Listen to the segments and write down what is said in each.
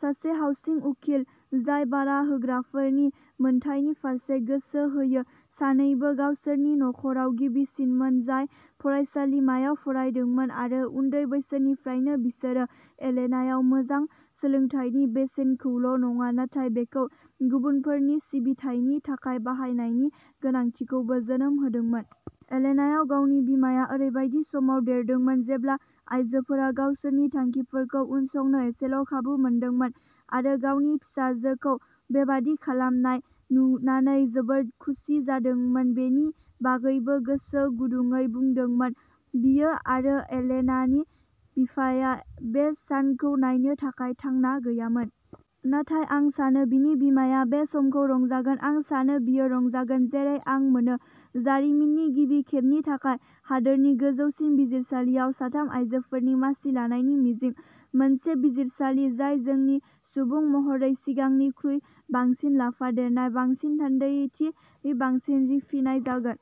सासे हाउसिं उखिल, जाय भारा होग्राफोरनि मोनथायनि फारसे गोसो होयो। सानैबो गावसोरनि नख'राव गिबिसिनमोन जाय फरायसालिमायाव फरायदोंमोन। आरो उन्दै बैसोनिफ्रायनो, बिसोरो एलेनायाव मोजां सोलोंथायनि बेसेनखौल'नङा, नाथाय बेखौ गुबुनफोरनि सिबिथायनि थाखाय बाहायनायनि गोनांथिखौबो जोनोम होदोंमोन। एलेनाया गावनि बिमाया ओरैबायदि समाव देरदोंमोन जेब्ला आइजोफोरा गावसोरनि थांखिफोरखौ उनसंनो एसेल'खाबु मोनदोंमोन आरो गावनि फिसाजोखौ बेबादि खालामनाय नुनानै जोबोद खुसि जादोंमोन बेनि बागैबो गोसो गुदुंयै बुंदोंमोन। बियो, आरो एलेनानि बिफाया, बे सानखौ नायनो थाखाय थांना गैयामोन। नाथाय आं सानो बिनि बिमाया बे समखौ रंजागोन। आं सानो बियो रंजागोन-- जेरै आं मोनो-- जारिमिननि गिबि खेबनि थाखाय हादोरनि गोजौसिन बिजिरसालियाव साथाम आयजोफोरनि मासि लानायनि मिजिं। मोनसे बिजिरसालि जाय जोंनि सुबुं महरै सिगांनिख्रुइ बांसिन लाफादेरनाय, बांसिन थान्दैथि, बांसिन रिफिनाय जागोन।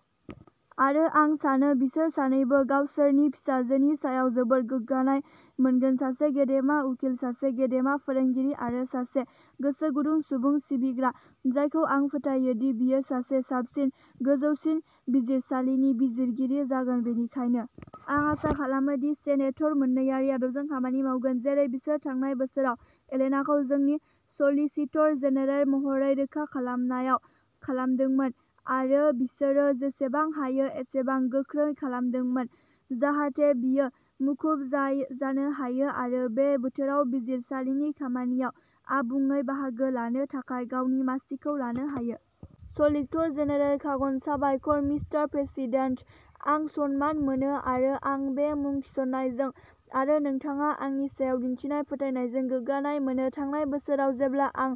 आरो आं सानो। बिसोर सानैबो गावसोरनि फिसाजोनि सायाव जोबोद गोग्गानाय मोनगोन-सासे गेदेमा उखिल, सासे गेदेमा फोरोंगिरि, आरो सासे गोसोगुदुं सुबुं सिबिग्रा, जायखौ आं फोथायो दि बियो सासे साबसिन जौसिन बिजिरसालिनि बिजिरगिरि जागोन। बेनिखायनो आं आसा खालामो दि सेनेटआ मोन्नैआरि आदबजों खामानि मावगोन, जेरै बिसोर थांनाय बोसोराव एलेनाखौ जोंनि सलिसिटर जेनेरेल महरै रोखा खालामनायाव खालामदोंमोन, आरो बिसोरो जेसेबां हायो एसेबां गोख्रै खालामगोन, जाहाथे बियो मुखुब जानो हायो आरो बे बोथोराव बिजिरसालिनि खामानियाव आबुङै बाहागो लानो थाखाय गावनि मासिखौ लानो हायो। सलिक्टर जेनेरेल कागनः साबायखर, मिस्टार प्रेसिदेन्ट। आं सनमान मोनो आरो आं बे मुं थिसननायजों आरो नोंथाङा आंनि सायाव दिन्थिनाय फोथायनायजों गोग्गानाय मोनो। थांनाय बोसोराव जेब्ला आं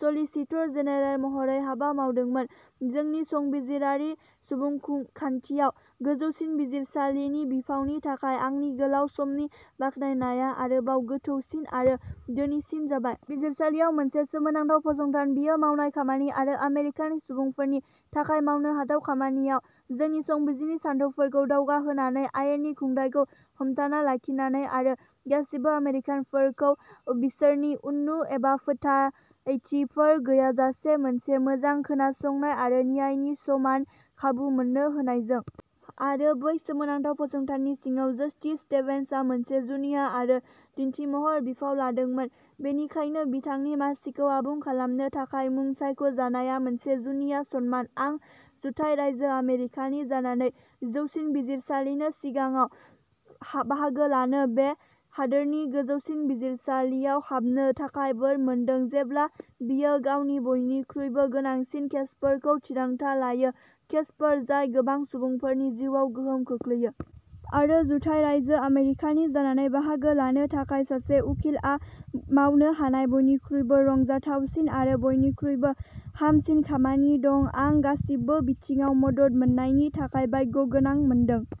सलिसिटर जेनेरेल महरै हाबा मावदोंमोन, जोंनि संबिजिरारि सुबुंखान्थियाव गोजौसिन बिजिरसालिनि बिफावनि थाखाय आंनि गोलाव समनि बाख्नायनाया आरोबाव गोथौसिन आरो धोनिसिन जाबाय। बिजिरसालिया मोनसे सोमोनांथाव फसंथान। बेयो मावनाय खामानि आरो आमेरिकानि सुबुंफोरनि थाखाय मावनो हानाय खामानियाव जोंनि संबिजिदनि सानथौफोरखौ दावगाहोनानै, आयेननि खुंथायखौ हमथाना लाखिनानै, आरो गासिबो आमेरिकानफोरखौ, बिसोरनि उननु एबा फोथायथिफोर गैयाजासे, मोनसे मोजां खोनासंनाय आरो न्यायनि समान खाबु मोन्नो हानायजों। आरो बै सोमोनांथाव फसंथाननि सिङाव, जास्टिस स्टिभेन्सआ मोनसे जुनिया आरो दिन्थिमहर बिफाव लादोंमोन। बेनिखायनो, बिथांनि मासिखौ आबुं खालामनो थाखाय मुं सायख'जानायआ मोनसे जुनिया सनमान। आं जुथाइ रायजो आमेरिकानि जानानै जौसिन बिजिरसालिनि सिगाङाव बाहागो लानो, बे हादोरनि गोजौसिन बिजिरसालियाव हाबनो थाखाय बोर मोनदों, जेब्ला बेयो गावनि बयनिख्रुइबो गोनांसिन केसफोरखौ थिरांथा लायो, केसफोर जाय गोबां सुबुंफोरनि जिउआव गोहोम खोख्लैयो। आरो जुथाइ रायजो आमेरिकानि जानानै बाहागो लानो थाखाय सासे उखिलआ मावनो हानाय बयनिख्रुइबो रंजाथावसिन आरो बयनिख्रुइबो हामसिन खामानि दं। आं गासिबो बिथिङाव मदद मोन्नायनि थाखाय भाग्यगोनां मोनदों।